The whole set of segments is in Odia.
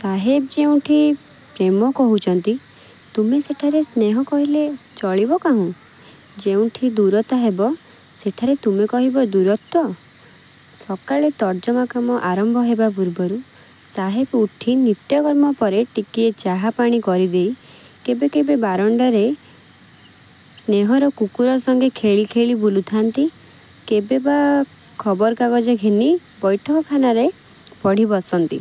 ସାହେବ ଯେଉଁଠି 'ପ୍ରେମ' କହୁଛନ୍ତି, ତୁମେ ସେଠାରେ 'ସ୍ନେହ' କହିଲେ ଚଳିବ କାହୁଁ? ଯେଉଁଠି 'ଦୂରତା' ହେବ-ସେଠାରେ ତୁମେ କହିବ 'ଦୂରତ୍ୱ'? ସକାଳେ ତର୍ଜମା କାମ ଆରମ୍ଭ ହେବା ପୂର୍ବରୁ ସାହେବ ଉଠି ନିତ୍ୟକର୍ମ ପରେ ଟିକିଏ ଚାହା ପାଣି କରିଦେଇ କେବେ କେବେ ବରଣ୍ତାରେ ସ୍ନେହର କୁକୁର ସଙ୍ଗେ ଖେଳି ଖେଳି ବୁଲୁଥାନ୍ତି କେବେ ବା ଖବରକାଗଜ ଘେନି ବୈଠକଖାନାରେ ପଢ଼ି ବସନ୍ତି।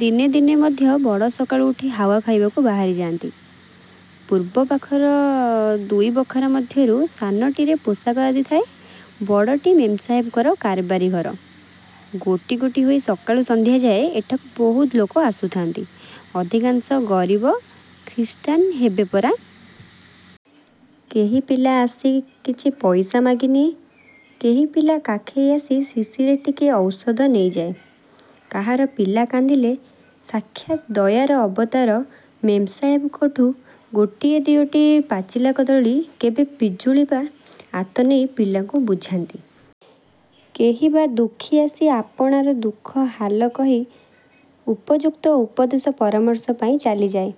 ଦିନେ ଦିନେ ମଧ୍ୟ ବଡ଼ ସକାଳୁ ଉଠି ହାଉଆ ଖାଇବାକୁ ବାହାରିଯାନ୍ତି। ପୂର୍ବପାଖର ଦୁଇ ବଖରା ମଧ୍ୟରୁ ସାନଟିରେ ପୋଷାକ ଆଦି ଥାଏ, ବଡ଼ଟି ମେମ୍ସାହେବଙ୍କର କାରବାରି ଘର। ଗୋଟି ଗୋଟି ହୋଇ ସକାଳୁ ସନ୍ଧ୍ୟାଯାଏ ଏଠାକୁ ବହୁତ ଲୋକ ଆସୁଥାନ୍ତି। ଅଧିକାଂଶ ଗରୀବ-ଖ୍ରୀଷ୍ଟାନ ହେବେ ପରା! କେହି ପିଲା ଆସି କିଛି ପଇସା ମାଗି ନିଏ କେହି ପିଲା କାଖେଇ ଆସି ଶିଶିରେ ଟିକିଏ ଔଷଧ ନେଇଯାଏ। କାହାର ପିଲା କାନ୍ଦିଲେ ସାକ୍ଷାତ୍ ଦୟାର ଅବତାର ମେମ ସାହେବଙ୍କଠୁଁ ଗୋଟିଏ ଦିଓଟି ପାଚିଲା କଦଳୀ କେବେ ପିଜୁଳି ବା ଆତ ନେଇ ପିଲାଙ୍କୁ ବୁଝାନ୍ତି। କେହି ବା ଦୁଃଖୀ ଆସି ଆପଣାର ଦୁଃଖ ହାଲ କହି ଉପଯୁକ୍ତ ଉପଦେଶ ପରାମର୍ଶ ପାଇ ଚାଲିଯାଏ।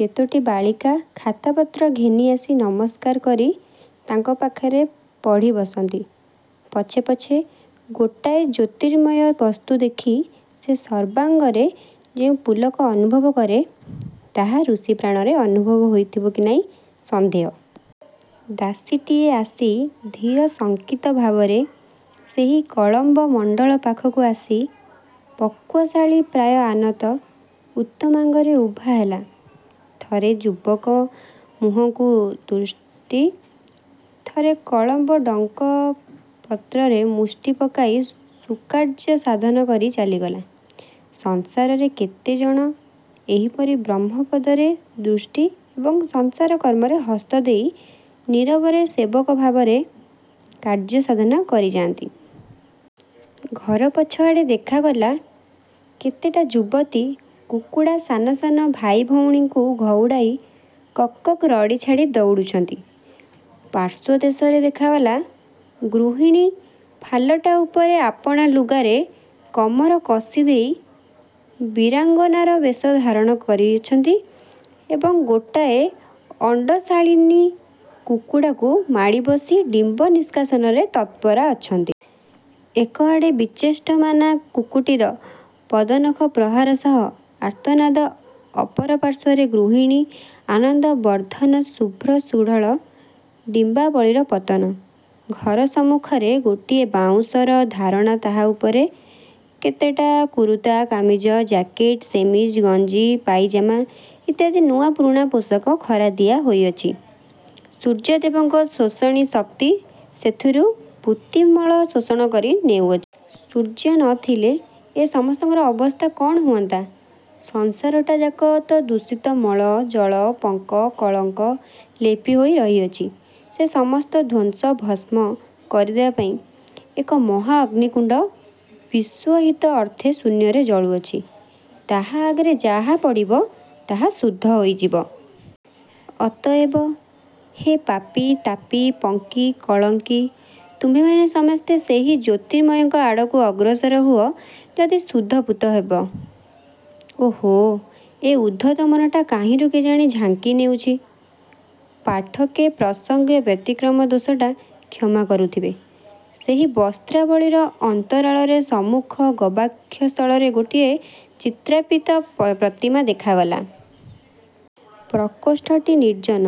କେତୋଟି ବାଳିକା ଖାତାପତ୍ର ଘେନି ଆସି ନମସ୍କାର କରି ତାଙ୍କ ପାଖରେ ପଢ଼ି ବସନ୍ତି। ପଛେ ପଛେ ଗୋଟାଏ ଜ୍ୟୋତିର୍ମୟ ବସ୍ତୁ ଦେଖି ସେ ସର୍ବାଙ୍ଗରେ ଯେଉଁ ପୁଲକ ଅନୁଭବ କରେ, ତାହା ଋଷିପ୍ରାଣରେ ଅନୁଭବ ହୋଇଥିବ କି ନାହିଁ ସନ୍ଦେହ। ଦାସୀଟିଏ ଆସି ଧୀର ଶଙ୍କିତଭାବରେ ସେହି କଳମ୍ବ-ମଣ୍ତଳ ପାଖକୁ ଆସି ପକ୍ୱଶାଳି ପ୍ରାୟ ଆନତ ଉତ୍ତମାଙ୍ଗରେ ଉଭା ହେଲା। ଥରେ ଯୁବକ ମୁହଁକୁ ଦୃଷ୍ଟି, ଥରେ କଳମ୍ବ ଡଙ୍କ ପତ୍ରରେ ମୁଷ୍ଟି ପକାଇ ସ୍ୱକାର୍ଯ୍ୟ ସାଧନ କରି ଚାଲିଗଲା। ସଂସାରରେ କେତେଜଣ ଏହିପରି ବ୍ରହ୍ମପଦରେ ଦୃଷ୍ଟି ଏବଂ ସଂସାରକର୍ମରେ ହସ୍ତ ଦେଇ ନୀରବରେ ସେବକଭାବରେ କାର୍ଯ୍ୟ ସାଧନ କରି ଯାନ୍ତି! ଘର ପଛଆଡ଼େ ଦେଖାଗଲା, କେତେଟା ଯୁବତୀ କୁକୁଡ଼ା ସାନ ସାନ ଭାଇ ଭଉଣୀଙ୍କି ଘଉଡ଼ାଇ କକ୍କକ୍ ରଡ଼ି ଛାଡ଼ି ଦଉଡ଼ିଛନ୍ତି। ପାର୍ଶ୍ୱଦେଶରେ ଦେଖାଗଲା, ଗୃହିଣୀ ଫାଲଟା ଉପରେ ଆପଣା ଲୁଗାରେ କମର କଷିଦେଇ ବୀରାଙ୍ଗନାର ବେଶ ଧାରଣ କରିଅଛନ୍ତି ଏବଂ ଗୋଟାଏ ଅଣ୍ତଶାଳିନୀ କୁକୁଡ଼ାକୁ ମାଡ଼ି ବସି ଡିମ୍ବ ନିଷ୍କାଶନରେ ତତ୍ପରା ଅଛନ୍ତି। ଏକଆଡ଼େ ବିଚେଷ୍ଟମାନା କୁକ୍କୁଟୀର ପଦନଖପ୍ରହାର ସହ ଆର୍ତ୍ତନାଦ ଅପରପାର୍ଶ୍ୱରେ ଗୃହିଣୀ-ଆନନ୍ଦବର୍ଦ୍ଧନ ଶୁଭ୍ର ସୁଢଳ ଡିମ୍ବାବଳୀର ପତନ। ଘର ସମ୍ମୁଖରେ ଗୋଟିଏ ବାଉଁଶର ଧାରଣା ତାହା ଉପରେ କେତେଟା କୁରୁତା-କାମିଜ-ଜ୍ୟାକେଟ-ଶେମିଜ୍-ଗେଞ୍ଜି-ପାଇଜାମା ଇତ୍ୟାଦି ନୂଆ ପୁରୁଣା ପୋଷାକ ଖରା ଦିଆ ହୋଇଅଛି। ସୂର୍ଯ୍ୟଦେବଙ୍କ ଶୋଷଣୀ ଶକ୍ତି ସେଥିରୁ ପୂତିମଳ ଶୋଷଣ କରି ନେଉଅଛି। ସୂର୍ଯ୍ୟ ନ ଥିଲେ ଏ ସମସ୍ତର ଅବସ୍ଥା କଣ ହୁଅନ୍ତା! ସଂସାରଟା ଯାକ ତ ଦୂଷିତ ମଳ-ଜଳ-ପଙ୍କ-କଳଙ୍କ ଲେପି ହୋଇ ରହିଅଛି। ସେ ସମସ୍ତ ଧ୍ୱଂସ-ଭସ୍ମ କରିଦେବାପାଇଁ ଏକ ମହାଅଗ୍ନିକୁଣ୍ଡ ବିଶ୍ୱହିତ ଅର୍ଥେ ଶୂନ୍ୟରେ ଜଳୁଅଛି। ତାହା ଆଗରେ ଯାହା ପଡିବ, ତାହା ଶୁଦ୍ଧ ହୋଇଯିବ। ଅତଏବ ହେ ପାପୀ-ତାପୀ-ପଙ୍କୀ-କଳଙ୍କୀ, ତୁମ୍ଭେମାନେ ସମସ୍ତେ ସେହି ଜ୍ୟୋତିର୍ମୟଙ୍କ ଆଡ଼କୁ ଅଗ୍ରସର ହୁଅ ଯଦି ଶୁଦ୍ଧ ପୂତ ହେବ। ଓହୋ! ଏ ଉଦ୍ଧତ ମନଟା କାହିଁରୁ କେଣିକି ଝାଙ୍କି ନେଉଛି। ପାଠକେ, ପ୍ରସଙ୍ଗବ୍ୟତିକ୍ରମ ଦୋଷଟା କ୍ଷମା କରୁଥିବେ। ସେହି ବସ୍ତ୍ରାବଳୀର ଅନ୍ତରାଳରେ ସମ୍ମୁଖ ଗବାକ୍ଷ ସ୍ଥଳରେ ଗୋଟିଏ ଚିତ୍ରାର୍ପିତ ପ୍ରତିମା ଦେଖାଗଲା। ପ୍ରକୋଷ୍ଠଟି ନିର୍ଜନ,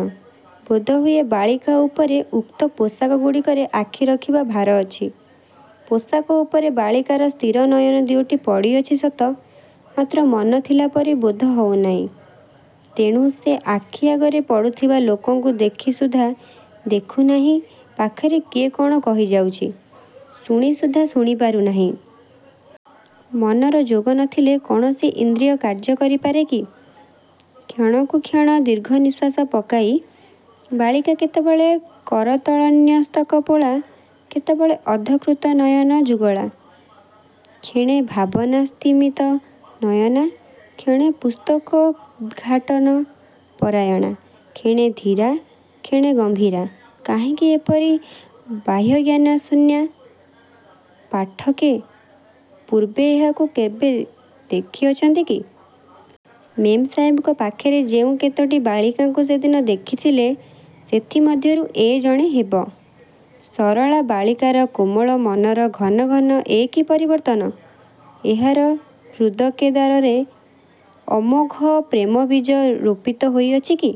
ବୋଧହୁଏ ବାଳିକା ଉପରେ ଉକ୍ତ ପୋଷାକଗୁଡ଼ିକରେ ଆଖି ରଖିବା ଭାର ଅଛି। ପୋଷାକ ଉପରେ ବାଳିକାର ସ୍ଥିର ନୟନ ଦିଓଟି ପଡ଼ିଅଛି ସତ, ମାତ୍ର ମନ ଥିଲା ପରି ବୋଧ ହେଉ ନାହିଁ। ତେଣୁ ସେ ଆଖି ଆଗରେ ପଡ଼ୁଥିବା ଲୋକଙ୍କୁ ଦେଖି ସୁଦ୍ଧା ଦେଖୁ ନାହିଁ ପାଖରେ କିଏ କଣ କହିଯାଉଛି, ଶୁଣି ସୁଦ୍ଧା ଶୁଣି ପାରୁ ନାହିଁ। ମନର ଯୋଗ ନଥିଲେ କୌଣସି ଇନ୍ଦ୍ରିୟ କାର୍ଯ୍ୟ କରି ପାରେ କି? କ୍ଷଣକୁକ୍ଷଣ ଦୀର୍ଘନିଶ୍ୱାସ ପକାଇ ବାଳିକା କେତେବେଳେ କରତଳନ୍ୟସ୍ତକପୋଳା, କେତେବେଳେ ଅଧଃକୃତନୟନଯୁଗଳା, କ୍ଷଣେ ଭାବନାସ୍ତିମିତନୟନା, କ୍ଷଣେ ପୁସ୍ତକୋଦ୍ଘାଟନପରାୟଣା, କ୍ଷଣେ ଧୀରା, କ୍ଷଣେ ଗମ୍ଭୀରା। କାହିଁକି ଏପରି ବାହ୍ୟଜ୍ଞାନଶୂନ୍ୟା? ପାଠକେ! ପୂର୍ବେ ଏହାକୁ କେବେ ଦେଖିଅଛନ୍ତି କି? ମେମ୍ସାହେବଙ୍କ ପାଖରେ ଯେଉଁ କେତୋଟି ବାଳିକାଙ୍କୁ ସେଦିନ ଦେଖିଥିଲେ, ସେଥି ମଧ୍ୟରୁ ଏ ଜଣେ ହେବ! ସରଳା ବାଳିକାର କୋମଳ ମନର ଘନ ଘନ ଏ କି ପରିବର୍ତ୍ତନ! ଏହାର ହୃଦକେଦାରରେ ଅମୋଘ ପ୍ରେମବୀଜ ରୋପିତ ହୋଇଅଛି କି?